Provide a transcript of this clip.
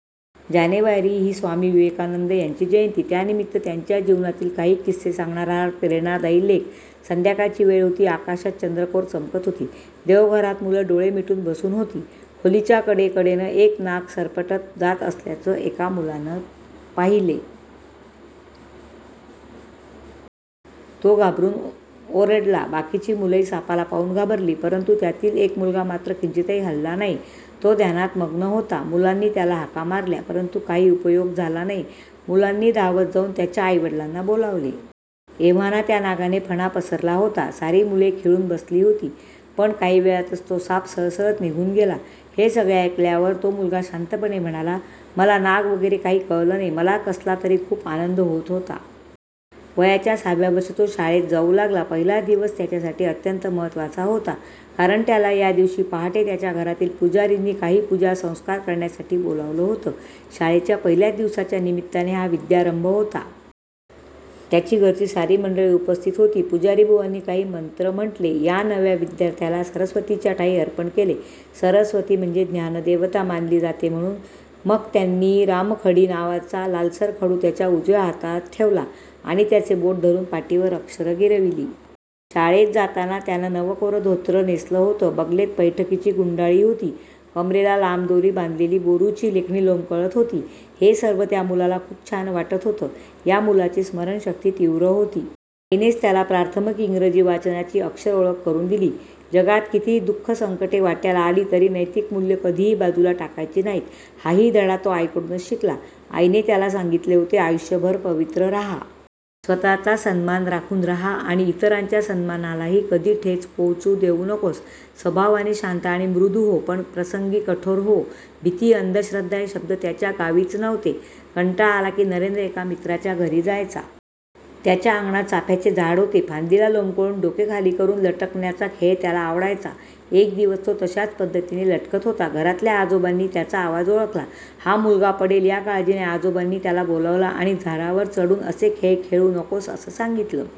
जानेवारी ही स्वामी विवेकानंद यांची जयंती. त्यानिमित्त त्यांच्या जीवनातील काही किस्से सांगणारा हा प्रेरणादायी लेख- संध्याकाळची वेळ होती. आकाशात चंद्रकोर चमकत होती. देवघरात मुलं डोळे मिटून बसून होती. खोलीच्या कडेकडेनं एक नाग सरपटत जात असल्याचं एका मुलाने पाहिलं. तो घाबरून ओरडला. बाकीची मुलंही सापाला पाहून घाबरली. परंतु त्यातील एक मुलगा मात्र किंचितही हलला नाही. तो ध्यानात मग्न होता. मुलांनी त्याला हाका मारल्या. परंतु काही उपयोग झाला नाही. मुलांनी धावत जाऊन त्याच्या आई-वडिलांना बोलावले. एव्हाना त्या नागाने फणा पसरला होता. सारी मुले खिळून बसली होती. पण काही वेळातच तो साप सळसळत निघून गेला. हे सगळे ऐकल्यावर तो मुलगा शांतपणे म्हणाला, "मला नाग वगैरे काही कळलं नाही. मला कसला तरी खूप आनंद होत होता. " वयाच्या सहाव्या वर्षी तो शाळेत जाऊ लागला. पहिला दिवस त्याच्यासाठी अत्यंत महत्त्वाचा होता. कारण त्याला या दिवशी पहाटे त्याच्या घरातील पुजारींनी काही पूजा, संस्कार करण्यासाठी बोलावलं होतं. शाळेच्या पहिल्याच दिवसाच्या निमित्ताने हा विद्यारंभ होता. त्याची घरची सारी मंडळी उपस्थित होती. पुजारीबुवांनी काही मंत्र म्हटले. या नव्या विद्यार्थ्याला सरस्वतीच्या ठायी अर्पण केले. सरस्वती म्हणजे ज्ञानदेवता मानली जाते म्हणून! मग त्यांनी 'रामखडी' नावाचा लालसर खडू त्याच्या उजव्या हातात ठेवला आणि त्याचे बोट धरून पाटीवर अक्षरं गिरविली. शाळेत जाताना त्यानं नवं कोरं धोतर नेसलं होतं. बगलेत बैठकीची गुंडाळी होती. कमरेला लांब दोरी बांधलेली बोरूची लेखणी लोंबकळत होती. हे सर्व त्या मुलाला खूप छान वाटत होतं. या मुलाची स्मरणशक्ती तीव्र होती. आईनेच त्याला प्राथमिक इंग्रजी वाचनाची अक्षरओळख करून दिली. जगात कितीही दु:ख, संकटे वाट्याला आली तरी नैतिक मूल्यं कधीही बाजूला टाकायची नाहीत, हाही धडा तो आईकडूनच शिकला. आईने त्याला सांगितले होतं, 'आयुष्यभर पवित्र राहा. स्वत:चा सन्मान राखून राहा आणि इतरांच्या सन्मानालाही कधी ठेच पोहोचू देऊ नकोस. स्वभावाने शांत आणि मृदू हो. पण प्रसंगी कठोर हो. ' भीती, अंधश्रद्धा हे शब्द त्याच्या गावीच नव्हते. कंटाळा आला की, नरेंद्र एका मित्राच्या घरी जायचा. त्याच्या अंगणात चाफ्याचे झाड होते. फांदीला लोंबकळून डोके खाली करून लटकण्याचा खेळ त्याला आवडायचा. एक दिवस तो तशाच पद्धतीने लटकत होता. घरातल्या आजोबांनी त्याचा आवाज ओळखला. हा मुलगा पडेल, या काळजीने आजोबांनी त्याला बोलावलं आणि 'झाडावर चढून असे खेळ खेळू नकोस' असं सांगितलं.